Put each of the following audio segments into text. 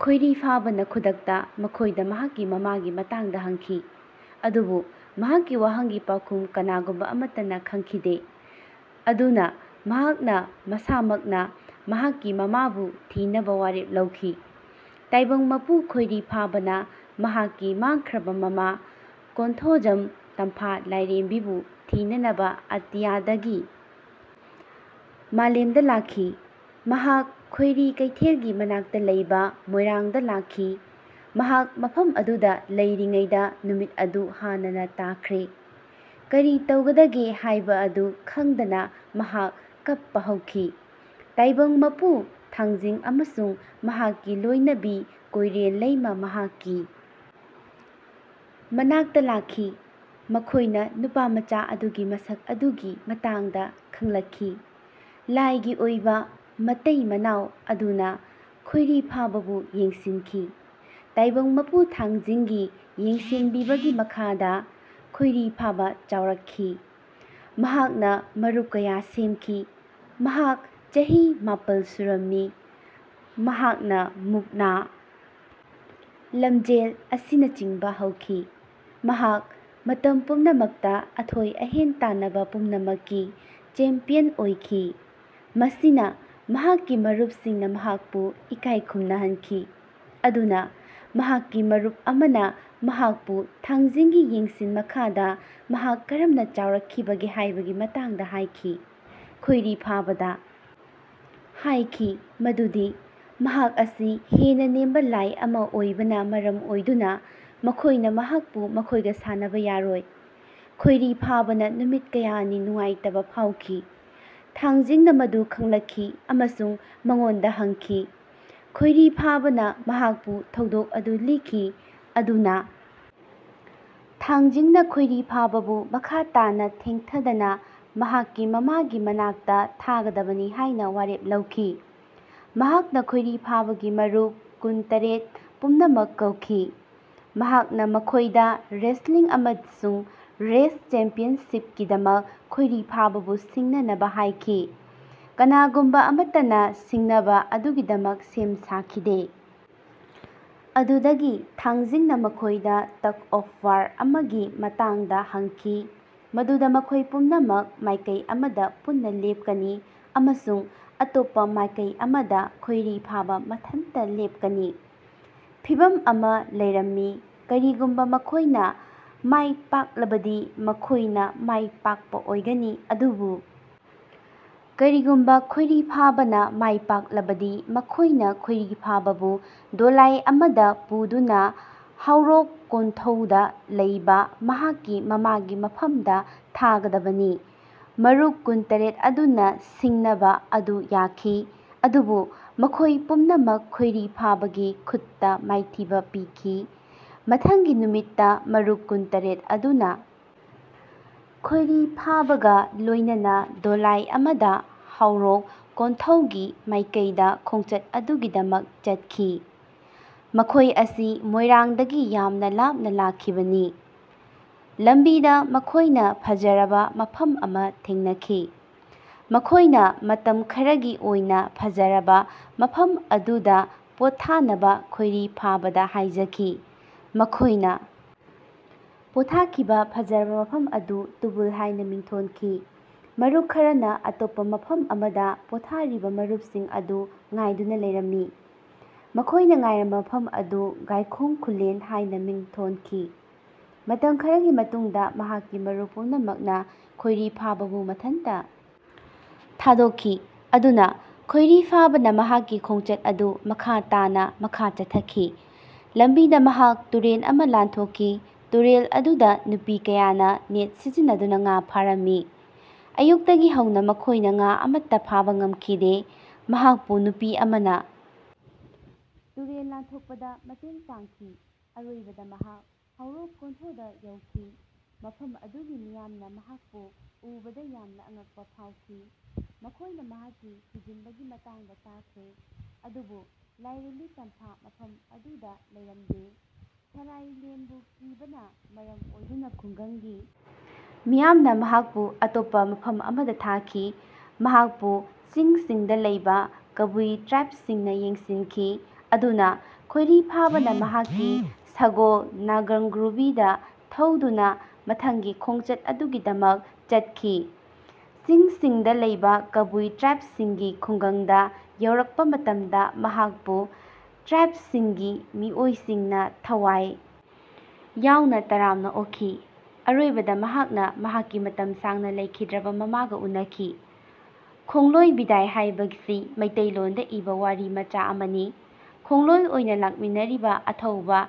ꯈꯣꯏꯔꯤꯐꯥꯕꯥꯅ ꯈꯨꯗꯛꯇ ꯃꯈꯣꯏꯗ ꯃꯍꯥꯛꯀꯤ ꯃꯃꯥꯒꯤ ꯃꯇꯥꯡꯗ ꯍꯪꯈꯤ꯫ ꯑꯗꯨꯕꯨ ꯃꯍꯥꯛꯀꯤ ꯋꯥꯍꯪꯒꯤ ꯄꯥꯎꯈꯨꯝ ꯀꯅꯥꯒꯨꯝꯕ ꯑꯃꯠꯇꯅ ꯈꯪꯈꯤꯗꯦ꯫ ꯑꯗꯨꯅ ꯃꯍꯥꯛꯅ ꯃꯁꯥꯃꯛꯅ ꯃꯍꯥꯛꯀꯤ ꯃꯃꯥꯕꯨ ꯊꯤꯅꯕ ꯋꯥꯔꯦꯞ ꯂꯧꯈꯤ꯫ ꯇꯥꯏꯕꯪ ꯃꯄꯨ ꯈꯣꯔꯤꯐꯥꯕꯥꯅ ꯃꯍꯥꯛꯀꯤ ꯃꯥꯡꯈ꯭ꯔꯕ ꯃꯃꯥ ꯀꯣꯟꯊꯣꯖꯝ ꯇꯝꯐꯥ ꯂꯥꯏꯔꯦꯝꯕꯤꯕꯨ ꯊꯤꯅꯅꯕ ꯑꯇꯤꯌꯥꯗꯒꯤ ꯃꯥꯂꯦꯝꯗ ꯂꯥꯛꯈꯤ꯫ ꯃꯍꯥꯛ ꯈꯣꯏꯔꯤ ꯀꯩꯊꯦꯜꯒꯤ ꯃꯅꯥꯛꯇ ꯂꯩꯕ ꯃꯣꯏꯔꯥꯡꯗ ꯂꯥꯛꯈꯤ꯫ ꯃꯍꯥꯛ ꯃꯐꯝ ꯑꯗꯨꯗ ꯂꯩꯔꯤꯉꯩꯗ ꯅꯨꯃꯤꯠ ꯑꯗꯨ ꯍꯥꯟꯅꯅ ꯇꯥꯈ꯭ꯔꯦ꯫ ꯀꯔꯤ ꯇꯧꯒꯗꯒꯦ ꯍꯥꯏꯕꯑꯗꯨ ꯈꯪꯗꯅ ꯃꯍꯥꯛ ꯀꯞꯄ ꯍꯧꯈꯤ꯫ ꯇꯥꯏꯕꯪ ꯃꯄꯨ ꯊꯥꯡꯖꯤꯡ ꯑꯃꯁꯨꯡ ꯃꯍꯥꯛꯀꯤ ꯂꯣꯏꯅꯕꯤ ꯀꯣꯏꯔꯦꯟ ꯂꯩꯃꯥ ꯃꯍꯥꯛꯀꯤ ꯃꯅꯥꯛꯇ ꯂꯥꯛꯈꯤ꯫ ꯃꯈꯣꯏꯅ ꯅꯨꯄꯥꯃꯆꯥ ꯑꯗꯨꯒꯤ ꯃꯁꯛ ꯑꯗꯨꯒꯤ ꯃꯇꯥꯡꯗ ꯈꯪꯂꯛꯈꯤ꯫ ꯂꯥꯏꯒꯤ ꯑꯣꯏꯕ ꯃꯇꯩ ꯃꯅꯥꯎ ꯑꯗꯨꯅ ꯈꯣꯏꯔꯤꯐꯥꯕꯥꯕꯨ ꯌꯦꯡꯁꯤꯟꯈꯤ꯫ ꯇꯥꯏꯕꯪ ꯃꯄꯨ ꯊꯥꯡꯖꯤꯡꯒꯤ ꯌꯦꯡꯁꯤꯟꯕꯤꯕꯒꯤ ꯃꯈꯥꯗ ꯈꯣꯏꯔꯤꯐꯥꯕꯥ ꯆꯥꯎꯔꯛꯈꯤ꯫ ꯃꯍꯥꯛꯅ ꯃꯔꯨꯞ ꯀꯌꯥ ꯁꯦꯝꯈꯤ꯫ ꯃꯍꯥꯛ ꯆꯍꯤ ꯃꯥꯄꯜ ꯁꯨꯔꯝꯃꯤ꯫ ꯃꯍꯥꯛꯅ ꯃꯨꯛꯅꯥ ꯂꯝꯖꯦꯜ ꯑꯁꯤꯅꯆꯤꯡꯕ ꯍꯧꯈꯤ꯫ ꯃꯍꯥꯛ ꯃꯇꯝ ꯄꯨꯝꯅꯃꯛꯇ ꯑꯊꯣꯏ ꯑꯍꯦꯟ ꯇꯥꯟꯅꯕ ꯄꯨꯝꯅꯃꯛꯀꯤ ꯆꯦꯝꯄꯤꯌꯟ ꯑꯣꯏꯈꯤ꯫ ꯃꯁꯤꯅ ꯃꯍꯥꯛꯀꯤ ꯃꯔꯨꯞꯁꯤꯡꯅ ꯃꯍꯥꯛꯄꯨ ꯏꯀꯥꯏ ꯈꯨꯝꯅꯍꯟꯈꯤ꯫ ꯑꯗꯨꯅ ꯃꯍꯥꯛꯀꯤ ꯃꯔꯨꯞ ꯑꯃꯅ ꯃꯍꯥꯛꯄꯨ ꯊꯥꯡꯖꯤꯡꯒꯤ ꯌꯦꯡꯁꯤꯟ ꯃꯈꯥꯗ ꯃꯍꯥꯛ ꯀꯔꯝꯅ ꯆꯥꯎꯔꯛꯈꯤꯕꯒꯦ ꯍꯥꯏꯕꯒꯤ ꯃꯇꯥꯡꯗ ꯍꯥꯏꯈꯤ꯫ ꯈꯣꯔꯤꯐꯥꯕꯥꯗ ꯍꯥꯏꯈꯤ ꯃꯗꯨꯗꯤ ꯃꯍꯥꯛ ꯑꯁꯤ ꯍꯦꯟꯅ ꯅꯦꯝꯕ ꯂꯥꯏ ꯑꯃ ꯑꯣꯏꯕꯅ ꯃꯔꯝ ꯑꯣꯏꯗꯨꯅ ꯃꯈꯣꯏꯅ ꯃꯍꯥꯛꯄꯨ ꯃꯈꯣꯏꯒ ꯁꯥꯟꯅꯕ ꯌꯥꯔꯣꯏ꯫ ꯈꯣꯔꯤꯐꯥꯕꯥꯅ ꯅꯨꯃꯤꯠ ꯀꯌꯥꯅꯤ ꯅꯨꯡꯉꯥꯏꯇꯕ ꯐꯥꯎꯈꯤ꯫ ꯊꯥꯡꯖꯤꯡꯅ ꯃꯗꯨ ꯈꯪꯂꯛꯈꯤ ꯑꯃꯁꯨꯡ ꯃꯉꯣꯟꯗ ꯍꯪꯈꯤ꯫ ꯈꯣꯏꯔꯤꯐꯥꯕꯥꯅ ꯃꯍꯥꯛꯄꯨ ꯊꯧꯗꯣꯛ ꯑꯗꯨ ꯂꯤꯈꯤ꯫ ꯑꯗꯨꯅ ꯊꯥꯡꯖꯤꯡꯅ ꯈꯣꯏꯔꯤꯐꯥꯕꯥꯕꯨ ꯃꯈꯥ ꯇꯥꯅ ꯊꯦꯡꯊꯗꯅ ꯃꯍꯥꯛꯀꯤ ꯃꯃꯥꯒꯤ ꯃꯅꯥꯛꯇ ꯊꯥꯒꯗꯕꯅꯤ ꯍꯥꯏꯅ ꯋꯥꯔꯦꯞ ꯂꯧꯈꯤ꯫ ꯃꯍꯥꯛꯅ ꯈꯣꯏꯔꯤꯐꯥꯕꯥꯒꯤ ꯃꯔꯨꯞ ꯀꯨꯟꯇꯔꯦꯠ ꯄꯨꯝꯅꯃꯛ ꯀꯧꯈꯤ꯫ ꯃꯍꯥꯛꯅ ꯃꯈꯣꯏꯗ ꯔꯦꯁꯠꯂꯤꯡ ꯑꯃꯁꯨꯡ ꯔꯦꯁ ꯆꯦꯝꯄꯤꯌꯟꯁꯤꯞꯀꯤꯗꯃꯛ ꯈꯣꯏꯔꯤꯐꯥꯕꯥꯕꯨ ꯁꯤꯡꯅꯅꯕ ꯍꯥꯏꯈꯤ꯫ ꯀꯅꯥꯒꯨꯝꯕ ꯑꯃꯠꯇꯅ ꯁꯤꯡꯅꯕ ꯑꯗꯨꯒꯤꯗꯃꯛ ꯁꯦꯝ ꯁꯥꯈꯤꯗꯦ꯫ ꯑꯗꯨꯗꯒꯤ ꯊꯥꯡꯖꯤꯡꯅ ꯃꯈꯣꯏꯗ ꯇꯒ ꯑꯣꯐ ꯋꯥꯔ ꯑꯃꯒꯤ ꯃꯇꯥꯡꯗ ꯍꯪꯈꯤ ꯃꯗꯨꯗ ꯃꯈꯣꯏ ꯄꯨꯝꯅꯃꯛ ꯃꯥꯏꯀꯩ ꯑꯃꯗ ꯄꯨꯟꯅ ꯂꯦꯞꯀꯅꯤ ꯑꯃꯁꯨꯡ ꯑꯇꯣꯞꯄ ꯃꯥꯏꯀꯩ ꯑꯃꯗ ꯈꯣꯏꯔꯤꯐꯥꯕꯥ ꯃꯊꯟꯇ ꯂꯦꯞꯀꯅꯤ꯫ ꯐꯤꯚꯝ ꯑꯃ ꯂꯩꯔꯝꯃꯤ꯫ ꯀꯔꯤꯒꯨꯝꯕ ꯃꯈꯣꯏꯅ ꯃꯥꯏꯄꯥꯛꯂꯕꯗꯤ ꯃꯈꯣꯏꯅ ꯃꯥꯏꯄꯥꯛꯄ ꯑꯣꯏꯒꯅꯤ꯫ ꯑꯗꯨꯕꯨ ꯀꯔꯤꯒꯨꯝꯕ ꯈꯣꯏꯔꯤꯐꯥꯕꯥꯅ ꯃꯥꯏꯄꯥꯛꯂꯕꯗꯤ ꯃꯈꯣꯏꯅ ꯈꯣꯏꯔꯤꯐꯥꯕꯥꯕꯨ ꯗꯣꯂꯥꯏ ꯑꯃꯗ ꯄꯨꯗꯨꯅ ꯍꯥꯎꯔꯣꯛ ꯀꯣꯟꯊꯧꯗ ꯂꯩꯕ ꯃꯍꯥꯛꯀꯤ ꯃꯃꯥꯒꯤ ꯃꯐꯝꯗ ꯊꯥꯒꯗꯕꯅꯤ꯫ ꯃꯔꯨꯞ ꯀꯨꯟꯇꯔꯦꯠ ꯑꯗꯨꯅ ꯁꯤꯡꯅꯕ ꯑꯗꯨ ꯌꯥꯈꯤ꯫ ꯑꯗꯨꯕꯨ ꯃꯈꯣꯏ ꯄꯨꯝꯅꯃꯛ ꯈꯣꯏꯔꯤꯐꯥꯕꯥꯒꯤ ꯈꯨꯠꯇ ꯃꯥꯏꯊꯤꯕ ꯄꯤꯈꯤ꯫ ꯃꯊꯪꯒꯤ ꯅꯨꯃꯤꯠꯇ ꯃꯔꯨꯞ ꯀꯨꯟꯇꯔꯦꯠ ꯑꯗꯨꯅ ꯈꯣꯏꯔꯤꯐꯥꯕꯥꯒ ꯂꯣꯏꯅꯅ ꯗꯣꯂꯥꯏ ꯑꯃꯗ ꯍꯥꯎꯔꯣꯛ ꯀꯣꯟꯊꯧꯒꯤ ꯃꯥꯏꯀꯩꯗ ꯈꯣꯡꯆꯠ ꯑꯗꯨꯒꯤꯗꯃꯛ ꯆꯠꯈꯤ꯫ ꯃꯈꯣꯏ ꯑꯁꯤ ꯃꯣꯏꯔꯥꯡꯗꯒꯤ ꯌꯥꯝꯅ ꯂꯥꯞꯅ ꯂꯥꯛꯈꯤꯕꯅꯤ꯫ ꯂꯝꯕꯤꯗ ꯃꯈꯣꯏꯅ ꯐꯖꯔꯕ ꯃꯐꯝ ꯑꯃ ꯊꯦꯡꯅꯈꯤ꯫ ꯃꯈꯣꯏꯅ ꯃꯇꯝ ꯈꯔꯒꯤ ꯑꯣꯏꯅ ꯐꯖꯔꯕ ꯃꯐꯝ ꯑꯗꯨꯗ ꯄꯣꯊꯥꯅꯕ ꯈꯣꯏꯔꯤꯐꯥꯕꯥꯗ ꯍꯥꯏꯖꯈꯤ꯫ ꯃꯈꯣꯏꯅ ꯄꯣꯊꯥꯈꯤꯕ ꯐꯖꯔꯕ ꯃꯐꯝ ꯑꯗꯨ ꯇꯨꯕꯨꯜ ꯍꯥꯏꯅ ꯃꯤꯡꯊꯣꯟꯈꯤ꯫ ꯃꯔꯨꯞ ꯈꯔꯅ ꯑꯇꯣꯞꯄ ꯃꯐꯝ ꯑꯃꯗ ꯄꯣꯊꯥꯔꯤꯕ ꯃꯔꯨꯞꯁꯤꯡ ꯑꯗꯨ ꯉꯥꯏꯗꯨꯅ ꯂꯩꯔꯝꯃꯤ꯫ ꯃꯈꯣꯏꯅ ꯉꯥꯏꯔꯝꯕ ꯃꯐꯝ ꯑꯗꯨ ꯒꯥꯏꯈꯣꯡ ꯈꯨꯜꯂꯦꯟ ꯍꯥꯏꯅ ꯃꯤꯡꯊꯣꯟꯈꯤ꯫ ꯃꯇꯝ ꯈꯔꯒꯤ ꯃꯇꯨꯡꯗ ꯃꯍꯥꯛꯀꯤ ꯃꯔꯨꯞ ꯄꯨꯝꯅꯃꯛꯅ ꯈꯣꯏꯔꯤꯐꯥꯕꯥꯕꯨ ꯃꯊꯟꯇ ꯊꯥꯗꯣꯛꯈꯤ꯫ ꯑꯗꯨꯅ ꯈꯣꯏꯔꯤꯐꯥꯕꯥꯅ ꯃꯍꯥꯛꯀꯤ ꯈꯣꯡꯆꯠ ꯑꯗꯨ ꯃꯈꯥ ꯇꯥꯅ ꯃꯈꯥ ꯆꯠꯊꯈꯤ꯫ ꯂꯝꯕꯤꯗ ꯃꯍꯥꯛ ꯇꯨꯔꯦꯜ ꯑꯃ ꯂꯥꯟꯊꯣꯛꯈꯤ꯫ ꯇꯨꯔꯦꯜ ꯑꯗꯨꯗ ꯅꯨꯄꯤ ꯀꯌꯥꯅ ꯅꯦꯠ ꯁꯤꯖꯤꯟꯅꯗꯨꯅ ꯉꯥ ꯐꯥꯔꯝꯃꯤ꯫ ꯑꯌꯨꯛꯇꯒꯤ ꯍꯧꯅ ꯃꯈꯣꯏꯅ ꯉꯥ ꯑꯃꯠꯇ ꯐꯥꯕ ꯉꯝꯈꯤꯗꯦ꯫ ꯃꯍꯥꯛꯄꯨ ꯅꯨꯄꯤ ꯑꯃꯅ ꯇꯨꯔꯦꯜ ꯂꯥꯟꯊꯣꯛꯄꯗ ꯃꯇꯦꯡ ꯄꯥꯡꯈꯤ꯫ ꯑꯔꯣꯏꯕꯗ ꯃꯍꯥꯛ ꯍꯥꯎꯔꯣꯛ ꯀꯣꯟꯊꯣꯗ ꯌꯧꯈꯤ꯫ ꯃꯐꯝ ꯑꯗꯨꯒꯤ ꯃꯤꯌꯥꯝꯅ ꯃꯍꯥꯛꯄꯨ ꯎꯕꯗ ꯌꯥꯝꯅ ꯑꯉꯛꯄ ꯐꯥꯎꯈꯤ꯫ ꯃꯈꯣꯏꯅ ꯃꯍꯥꯛꯀꯤ ꯊꯤꯖꯤꯟꯕꯒꯤ ꯃꯇꯥꯡꯗ ꯇꯥꯈ꯭ꯔꯦ꯫ ꯑꯗꯨꯕꯨ ꯂꯥꯏꯔꯦꯝꯕꯤ ꯇꯝꯐꯥ ꯃꯐꯝ ꯑꯗꯨꯗ ꯂꯩꯔꯝꯗꯦ꯫ ꯁꯥꯂꯥꯏꯂꯦꯟꯕꯨ ꯀꯤꯕꯅ ꯃꯔꯝ ꯑꯣꯏꯗꯨꯅ ꯈꯨꯡꯒꯪꯒꯤ ꯃꯤꯌꯥꯝꯅ ꯃꯍꯥꯛꯄꯨ ꯑꯇꯣꯞꯄ ꯃꯐꯝ ꯑꯃꯗ ꯊꯥꯈꯤ꯫ ꯃꯍꯥꯛꯄꯨ ꯆꯤꯡꯁꯤꯡꯗ ꯂꯩꯕ ꯀꯥꯕꯨꯏ ꯇ꯭ꯔꯥꯏꯕꯁꯤꯡꯅ ꯌꯦꯡꯁꯤꯟꯈꯤ꯫ ꯑꯗꯨꯅ ꯈꯣꯔꯤꯐꯥꯕꯥꯅ ꯃꯍꯥꯛꯀꯤ ꯁꯒꯣꯜ ꯅꯒꯪꯒ꯭ꯔꯨꯕꯤꯗ ꯊꯧꯗꯨꯅ ꯃꯊꯪꯒꯤ ꯈꯣꯡꯆꯠ ꯑꯗꯨꯒꯤꯗꯃꯛ ꯆꯠꯈꯤ꯫ ꯆꯤꯡꯁꯤꯡꯗ ꯂꯩꯕ ꯀꯕꯨꯏ ꯇ꯭ꯔꯥꯏꯕꯁꯤꯡꯒꯤ ꯈꯨꯡꯒꯪꯗ ꯌꯧꯔꯛꯄ ꯃꯇꯝꯗ ꯃꯍꯥꯛꯄꯨ ꯇ꯭ꯔꯥꯏꯕꯁꯤꯡꯒꯤ ꯃꯤꯑꯣꯏꯁꯤꯡꯅ ꯊꯋꯥꯏ ꯌꯥꯎꯅ ꯇꯔꯥꯝꯅ ꯑꯣꯛꯈꯤ꯫ ꯑꯔꯣꯏꯕꯗ ꯃꯍꯥꯛꯅ ꯃꯍꯥꯛꯀꯤ ꯃꯇꯝ ꯁꯥꯡꯅ ꯂꯩꯈꯤꯗ꯭ꯔꯕ ꯃꯃꯥꯒ ꯎꯅꯈꯤ꯫ ꯈꯣꯡꯂꯣꯏ ꯕꯤꯗꯥꯏ ꯍꯥꯏꯕꯁꯤ ꯃꯤꯇꯩꯂꯣꯟꯗ ꯏꯕ ꯋꯥꯔꯤ ꯃꯆꯥ ꯑꯃꯅꯤ꯫ ꯈꯣꯡꯂꯣꯏ ꯑꯣꯏꯅ ꯂꯥꯛꯃꯤꯟꯅꯔꯤꯕ ꯑꯊꯧꯕ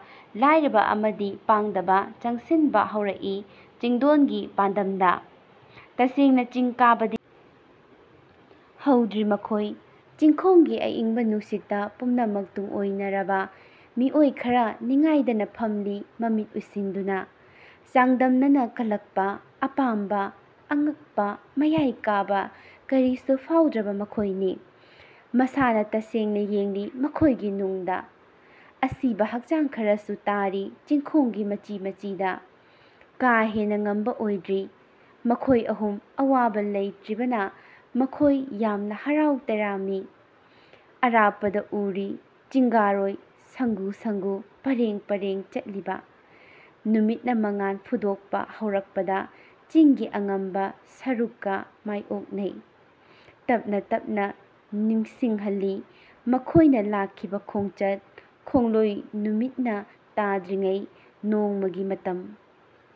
ꯂꯥꯏꯔꯕ ꯑꯃꯗꯤ ꯄꯥꯡꯗꯕ ꯆꯪꯁꯤꯟꯕ ꯍꯧꯔꯛꯏ ꯆꯤꯡꯗꯣꯟꯒꯤ ꯄꯥꯟꯗꯝꯗ꯫ ꯇꯁꯦꯡꯅ ꯆꯤꯡ ꯀꯥꯕꯗꯤ ꯍꯧꯗ꯭ꯔꯤ ꯃꯈꯣꯏ꯫ ꯆꯤꯡꯈꯣꯡꯒꯤ ꯑꯏꯪꯕ ꯅꯨꯡꯁꯤꯠꯇ ꯄꯨꯝꯅꯃꯛ ꯇꯨꯡꯑꯣꯏꯅꯔꯕ ꯃꯤꯑꯣꯏ ꯈꯔ ꯅꯤꯡꯉꯥꯏꯗꯅ ꯐꯝꯂꯤ ꯃꯃꯤꯠ ꯎꯏꯁꯤꯟꯗꯨꯅ꯫ ꯆꯥꯡꯗꯝꯅꯅ ꯀꯜꯂꯛꯄ ꯑꯄꯥꯝꯕ ꯑꯉꯛꯄ ꯃꯌꯥꯏ ꯀꯥꯕ ꯀꯔꯤꯁꯨ ꯐꯥꯎꯗ꯭ꯔꯕ ꯃꯈꯣꯏꯅꯤ꯫ ꯃꯁꯥꯅ ꯇꯁꯦꯡꯅ ꯌꯦꯡꯂꯤ ꯃꯈꯣꯏꯒꯤ ꯅꯨꯡꯗ꯫ ꯑꯁꯤꯕ ꯍꯛꯆꯥꯡ ꯈꯔꯁꯨ ꯇꯥꯔꯤ ꯆꯤꯡꯈꯣꯡꯒꯤ ꯃꯆꯤ ꯃꯆꯤꯗ꯫ ꯀꯥ ꯍꯦꯟꯅ ꯉꯝꯕ ꯑꯣꯏꯗ꯭ꯔꯤ꯫ ꯃꯈꯣꯏ ꯑꯍꯨꯝ ꯑꯋꯥꯕ ꯂꯩꯇ꯭ꯔꯤꯕꯅ ꯃꯈꯣꯏ ꯌꯥꯡꯅ ꯍꯔꯥꯎ ꯇꯌꯥꯝꯃꯤ꯫ ꯑꯔꯥꯞꯄꯗ ꯎꯔꯤ ꯆꯤꯡꯒꯥꯔꯣꯏ ꯁꯪꯒꯨ ꯁꯪꯒꯨ ꯄꯔꯦꯡ ꯄꯔꯦꯡ ꯆꯠꯂꯤꯕ꯫ ꯅꯨꯃꯤꯠꯅ ꯃꯉꯥꯜ ꯐꯨꯗꯣꯛꯄ ꯍꯧꯔꯛꯄꯗ ꯆꯤꯡꯒꯤ ꯑꯉꯝꯕ ꯁꯔꯨꯛꯀ ꯃꯥꯏꯑꯣꯛꯅꯩ꯫ ꯇꯞꯅ ꯇꯞꯅ ꯅꯤꯡꯁꯤꯡꯍꯜꯂꯤ ꯃꯈꯣꯏꯅ ꯂꯥꯛꯈꯤꯕ ꯈꯣꯡꯆꯠ ꯈꯣꯡꯂꯣꯏ ꯅꯨꯃꯤꯠꯅ ꯇꯥꯈꯤꯗ꯭ꯔꯤꯉꯩ ꯅꯣꯡꯃꯒꯤ ꯃꯇꯝ꯫